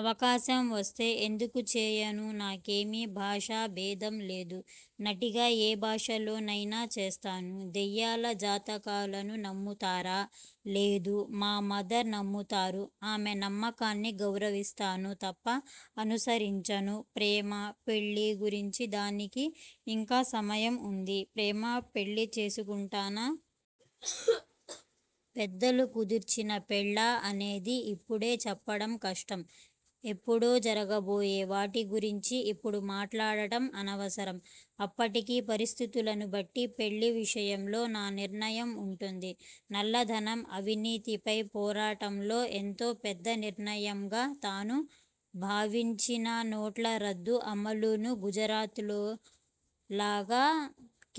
అవకాశం వస్తే ఎందుకు చేయను? నాకేమీ భాషా బేధం లేదు. నటిగా ఏ భాషలోనైనా చేస్తాను. దెయ్యాల, జాతకాలను నమ్ముతారా? లేదు. మా మదర్ నమ్ముతారు. ఆమె నమ్మకాన్ని గౌరవిస్తాను తప్ప అనుసరించను. ప్రేమా, పెళ్ళి గురించి దానికి ఇంకా సమయం ఉంది. ప్రేమ పెళ్ళి చేసుకుంటానా? పెద్దలు కుదిర్చిన పెళ్ళా అనేది ఇప్పుడే చెప్పడం కష్టం. ఎప్పుడో జరగబోయే వాటి గురించి ఇప్పుడు మాట్లాడడం అనవసరం. అప్పటికి పరిస్థుతులను బట్టి పెళ్ళి విషయంలో నా నిర్ణయం ఉంటుంది. నల్లధనం, అవినీతిపై పోరాటంలో ఎంతో పెద్ద నిర్ణయంగా తాను భావించిన నోట్ల రద్దు అమలును గుజరాత్లో లాగా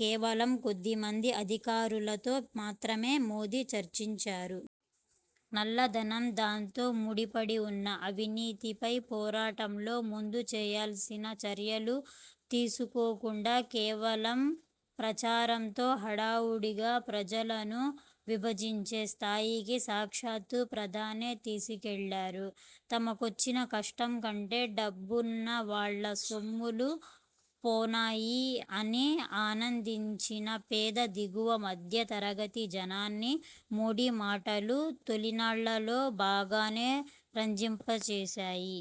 కేవలం కొద్దిమంది అధికారులతో మాత్రమే మోదీ చర్చించారు. నల్లధనం, దానితో ముడిపడి వున్న అవినీతిపై పోరాటంలో ముందు చేయాల్సిన చర్యలు తీసుకోకుండా కేవలం ప్రచారంతో హడావుడిగా ప్రజలను విభజించే స్థాయికి సాక్షాత్తూ ప్రధానే తీసుకెళ్లారు. తమకొచ్చిన కష్టం కంటే డబ్బున్న వాళ్ళ సొమ్ములు పోనాయి అని ఆనందించిన పేద, దిగువ మధ్యతరగతి జనాన్ని మోడీ మాటలు తొలినాళ్లలో బాగానే రంజింపచేశాయి.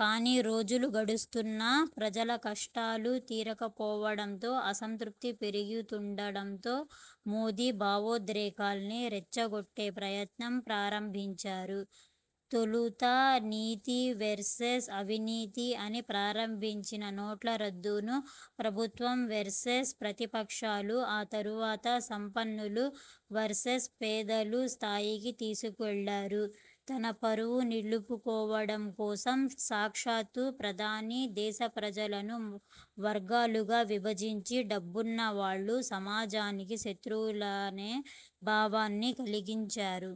కానీ రోజులు గడుస్తున్నా ప్రజల కష్టాలు తీరకపోవడంతో అసంతృప్తి పెరుగుతుండడంతో మోదీ భావోద్రేకాల్ని రెచ్చగొట్టే ప్రయత్నం ప్రారంభించారు. తొలుత నీతి వెర్సెస్ అవినీతి అని ప్రారంభించిన నోట్ల రద్దును, ప్రభుత్వం వెర్సెస్ ప్రతిపక్షాలు, ఆ తరువాత సంపన్నులు వెర్సెస్ పేదలు స్థాయికి తీసుకెళ్లారు. తన పరువు నిలుపుకోవడం కోసం సాక్షాత్తూ ప్రధాని దేశ ప్రజలను వర్గాలుగా విభజించి, డబ్బున్నవాళ్ళు సమాజానికి శత్రువులనే భావాన్ని కలిగించారు.